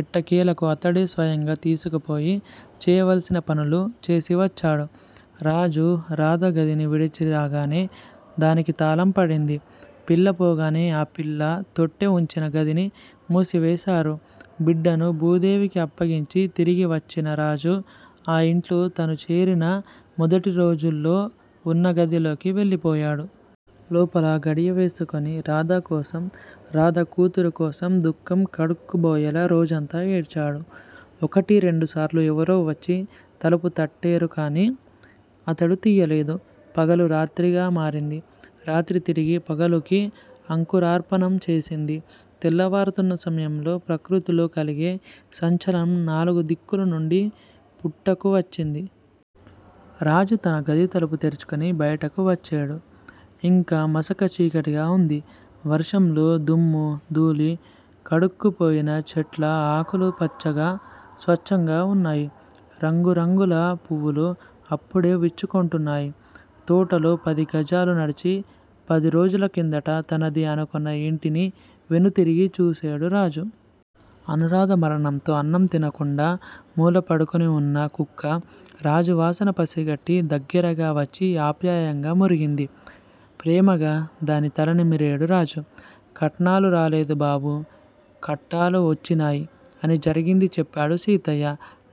ఎట్టకేలకు అతడే స్వయంగా తీసుకుపోయి చేయవలసిన పనులు చేసివచ్చడు. రాజు రాధ గదిని విడిచి రాగానే దానికి తాళం పడింది. పిల్ల పోగానే ఆ పిల్ల తొట్టె ఉంచిన గదిని మూసివేసేరు. బిడ్డనుభూదేవికి అప్పగించి తిరిగి వచ్చిన రాజు ఆ ఇంట్లో తను చేరిన మొదటిరోజుల్లో ఉన్న గదిలోకి వెళ్ళిపోయేడు. లోపల గడియవేసుకొని రాధకోసం, రాధ కూతురు కోసం దుఃఖం కడుక్కుబోయేలా రోజంతా ఏడ్చాడు ఏడు. ఒకటి రెండుసార్లు ఎవరో వచ్చి తలుపు తట్టేరుకాని అతడు తియ్యలేదు. పగలు రాత్రిగా మారింది. రాత్రి తిరిగి పగలుకి అంకురార్పణం చేసింది. తెల్లవారుతున్న సమయంలో ప్రకృతిలో కలిగే సంచలనం నాలుగు దిక్కులనుండీ పుట్టకు వచ్చింది. రాజు తన గది తలుపు తెరుచుకొని బయటికి వచ్చాడు. ఇంకా మసక చీకటిగా ఉంది. వర్షంలో దుమ్మూ, ధూళీ కడుక్కుపోయిన చెట్ల ఆకులు పచ్చగా, స్వచ్చంగా ఉన్నాయి. రంగు రంగుల పువ్వులు అప్పుడే విచ్చుకొంటున్నాయి. తోటలో పదిగజాలు నడిచి, పదిరోజుల కిందట తనది ఆనుకొన్న ఇంటిని వెనుతిరిగి చూశాడు రాజు. అనూరాధ మరణంతో అన్నం తినకుండా మూల పడుకొనిఉన్న కుక్క రాజు వాసన పసికట్టి దగ్గిరగా వచ్చి ఆప్యాయంగా మొరిగింది. ప్రేమగా దాని తల నె మి రాడు రాడు రాజు. 'కట్నాలు రాలేదు బాబూ కట్టాలు వోచ్చినాయ్' అని జరిగింది చెప్పాడు సీతయ్య.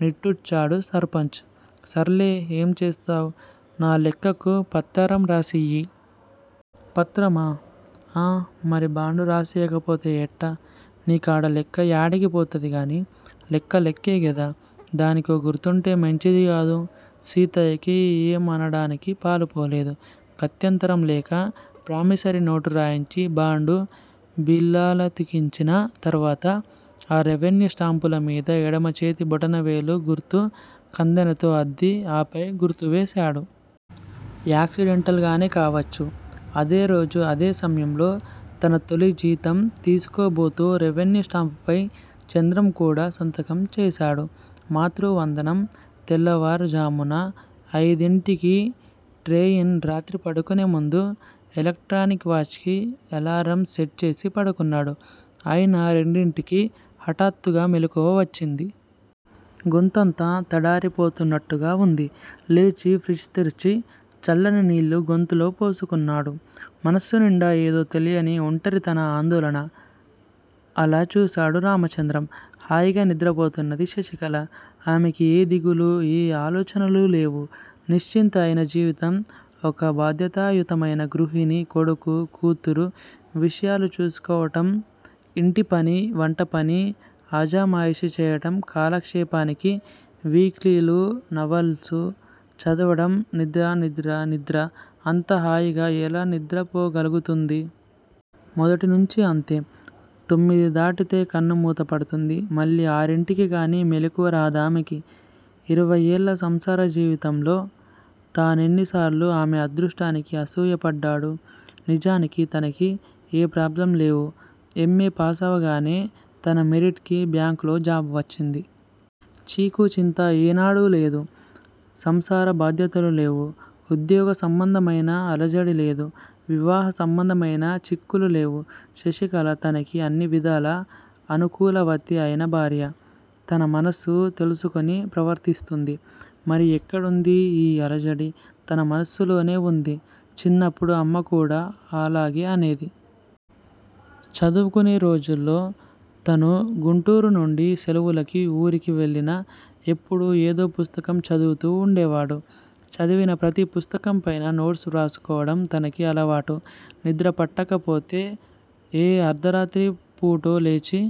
నిట్టూర్చాడు సర్పంచ్. 'సర్లే! ఏం చేస్తావ్, నా లెక్కకు పత్తరం రాసియ్యి. 'పత్రమా''ఆ మరి బాండు రాసియ్యకపొతే ఎట్టా? నీ కాడా లెక్క యాడికి పోతది గానీ! లెక్క లెక్కే గదా! దానికో గుర్తుంటే మంచిది గాదూ! సీతయ్యకి ఏ మనడానికి పాలుపోలేదు. గత్యంతరం లేక ప్రామిసరీ నోటు రాయించి బాండు బిళ్ళలతికించిన తర్వాత ఆ రెవిన్యూ స్టాంపుల మీద ఎడమ చేతి బొటన వేలు గుర్తు కందెనతో అద్ది ఆపై గుర్తు వేశాడు. యాక్సిడెంటల్ గానే కావచ్చు. అదేరోజు అదే సమయంలో తన తొలి జీతం తిసుకోబోతు రెవిన్యూ స్టాంపు పై చంద్రం కూడా సంతకం చేశాడు. మాతృవందనం. తెల్లవారు ఝామున అయిదింటికి ట్రెయిన్ రాత్రి పడుకునే ముందు ఎలక్ట్రానిక్ వాచ్ కి ఎలారం సెట్ చేసి పడుకున్నాడు. అయినా రెండింటికి హటాత్తుగా మెలకువ వచ్చింది. గొంతంతా తడారిపోతున్నట్టుగా వుంది. లేచి ఫ్రిజ్ తెర్చి చల్లని నీళ్ళు గొంతులో పోసుకున్నాడు. మనస్సు నిండా ఏదో తెలియని ఒంటరితన, ఆందోళన! అలా చూశాడు రామచంద్రం హాయిగా నిద్రపోతున్నది శశికళ. ఆమెకి ఏ దిగులు ఏ ఆలోచనలూ లేవు. నిశ్చింత అయిన జీవితం ఒక భాద్యతాయుతమైన గృహిణి, కొడుకు, కూతురు విషయాలు చూసుకోవటం ఇంటి పని వంటపని అజమాయిషీ చెయ్యటం కాలక్షేపానికి విక్లిలు నవల్సు చదవటం నిద్ర నిద్ర నిద్ర అంత హాయిగా ఎలా నిద్రపోగలుగుతుంది? మొదటి నుంచి అంతే! తొమ్మిది దాటితే కన్ను మూత పడుతుంది మళ్ళీ ఆరింటికి కానీ మెళుకువ రాదామెకి. ఇరవయ్యేళ్ళ సంసార జీవితంలో తానెన్ని సార్లు ఆమె అదృష్టానికి అసుయపడ్డాడు. నిజానికి తనకి ఏ ప్రాబ్లమ్ లేవు. ఎం ఏ పాసవగానే తన మెరిట్ కి బ్యాంక్ లో జాబ్ వచ్చింది. చీకు చింతా ఏనాడూ లేదు. సంసార బాధ్యత లేవు ఉద్యోగ సంబంధమైన అలజడి లేదు. వివాహ సంబంధమైన చిక్కులూ లేవు. శశికళ తనకి అన్నివిధాలా అనుకూలవతి అయిన భార్య. తన మనస్సు తెలుసుకుని ప్రవర్తిస్తుంది. మరి ఎక్కడుంది ఈ అలజడి? తన మనస్సులోనే వుంది చిన్నప్పుడు అమ్మ కూడా అలాగే అనేది. చదువుకునే రోజుల్లో తను గుంటూరు నుంచి సెలవులకి ఊరికి వెళ్ళినా ఎప్పుడూ ఏదో పుస్తకం చదువుతూ వుండేవాడు. చదివిన ప్రతి పుస్తకం పైన నోట్స్ వ్రాసుకోవడం తనకి అలవాటు నిద్రపట్టకపోతే ఏ అర్ధరాత్రి పుటో లేచి